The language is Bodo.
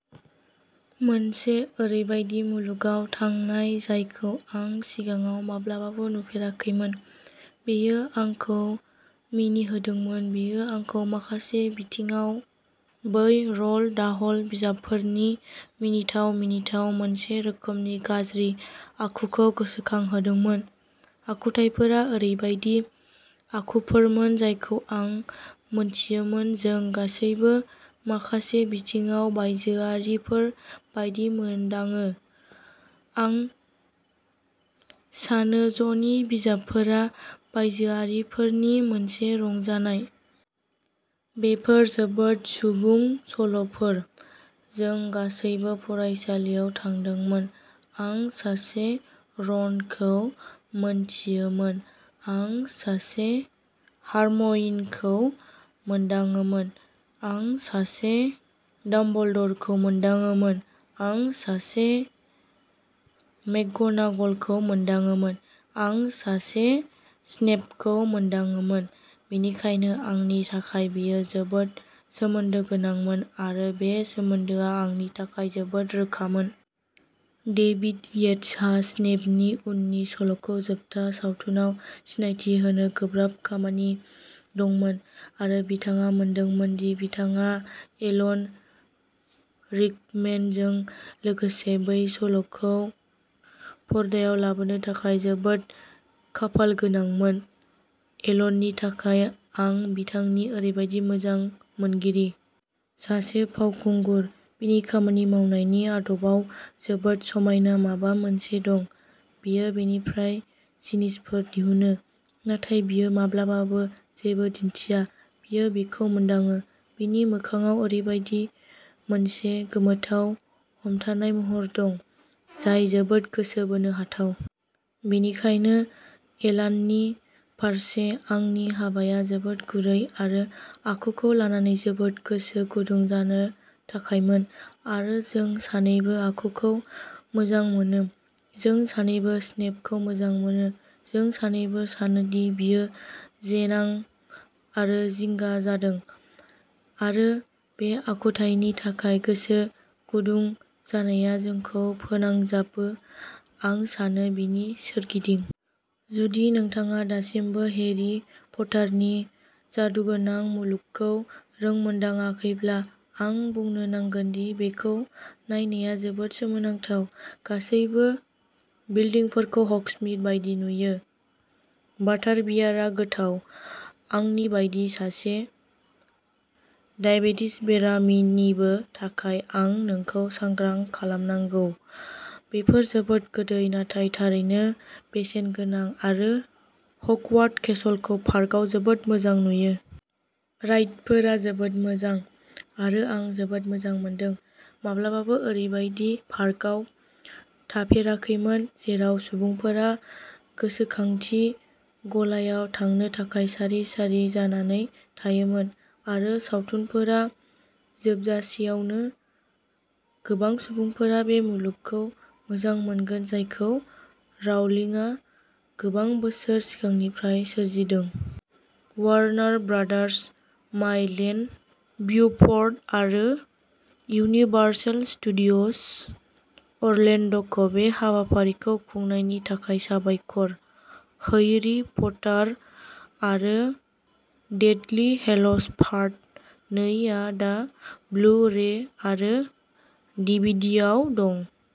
मोनसे ओरैबायदि मुलुगाव थांनाय जायखौ आं सिगाङाव माब्लाबाबो नुफेराखैमोन। बेयो आंखौ मिनिहोदोंमोन बेयो आंखौ माखासे बिथिङाव, बै र'ल्ड डाहल बिजाबफोरनि मिनिथाव, मिनिथाव, मोनसे रोखोमनि गाज्रि आखुखौ गोसोखांहोदोंमोन। आखुथाइफोरा ओरैबायदि आखुफोरमोन जायखौ आं मोनथियोमोन जों गासैबो माखासे बिथिङाव बायजोआरिफोर बायदि मोनदाङो, आरो आं सानो ज'नि बिजाबफोरा बायजोआरिफोरनि मोनसे रंजानाय। बेफोर जोबोद सुबुं सल'फोर। जों गासैबो फरायसालियाव थांदोंमोन। आं सासे र'नखौ मोनथियोमोन, आं सासे हारम'इनखौ मोनदाङोमोन, आं सासे डाम्बलडरखौ मोनदाङोमोन, आं सासे मेकग'नागलखौ मोनदाङोमोन, आं सासे स्नेपखौ मोनदाङोमोन। बेनिखायनो आंनि थाखाय बेयो जोबोद सोमोन्दो गोनांमोन, आरो बे सोमोन्दोआ आंनि थाखाय जोबोद रोखामोन। "डेभिड येट्सहा स्नेपनि उननि सल'खौ जोबथा सावथुनाव सिनायथि होनो गोब्राब खामानि दंमोन, आरो बिथाङा मोनदोंमोन दि बिथाङा एलन रिकमेनजों लोगोसे बै सल'खौ पर्दायाव लाबोनो थाखाय जोबोद खाफालगोनांमोन " एलननि थाखाय, आं बिथांनि ओरैबादि मोजां मोनगिरि। सासे फावखुंगुर। बिनि खामानि मावनायनि आदबआव जोबोद समायना माबा मोनसे दं। बियो बेनिफ्राय जिनिसफोर दिहुनो, नाथाय बियो माब्लाबाबो जेबो दिन्थिया, बियो बेखौ मोनदाङो। बिनि मोखांआव ओरैबायदि मोनसे गोमोथाव हमथानाय महर दं, जाय जोबोद गोसो बोनो हाथाव। बेनिखायनो एलाननि फारसे आंनि हाबाया जोबोद गुरै आरो आखुखौ लानानै जोबोद गोसो गुदुं जानो थाखायमोन। आरो जों सानैबो आखुखौ मोजां मोनो। जों सानैबो स्नेपखौ मोजां मोनो, जों सानैबो सानो दि बियो जेन्नां आरो जिंगा जादों, आरो बे आखुथायनि थाखाय गोसो गुदुं जानाया जोंखौ फोनांजाबो, आं सानो, बिनि सोरगिदिं। "जुदि नोंथाङा दासिमबो हेरी पटारनि जादुगोनां मुलुगखौ रोंमोन्दाङाखैब्ला, आं बुंनो नांगोन दि बेखौ नायनाया जोबोद सोमोनांथाव। गासैबो बिल्दिंफोरखौ हग्समीड बायदि नुयो, बाटारबियारआ गोथाव, आंनि बायदि सासे दाइबेटिस बेरामिनिबो थाखाय आं नोंखौ सांग्रां खालामनांगौ, बेफोर जोबोद गोदै, नाथाय थारैनो बेसेनगोनां आरो हगवार्ट्स केसलखौ पार्कआव जोबोद मोजां नुयो। राइडफोरा जोबोद मोजां, आरो आं जोबोद मोजां मोनदों। माब्लाबाबो ओरैबायदि पार्कआव थाफेराखैमोन जेराव सुबुंफोरा गोसोखांथि गलायाव थांनो थाखाय सारि सारि जानानै थायोमोन। आरो सावथुनफोरा जोबजासेयावनो गोबां सुबुंफोरा बे मुलुगखौ मोजां मोनगोन जायखौ राउलिंआ गोबां बोसोर सिगांनिफ्राय सोरजिदों। Warner Brothers, Mae Lane Buford, आरो इउनिभार्सेल स्टुडिय'ज अरलेन्ड'खौ बे हाबाफारिखौ खुंनायनि थाखाय साबायखर। हैरी पटार आरो डेथलि हेल'ज पार्ट नै आ दा ब्लु रे आरो डिभिडियाव दं।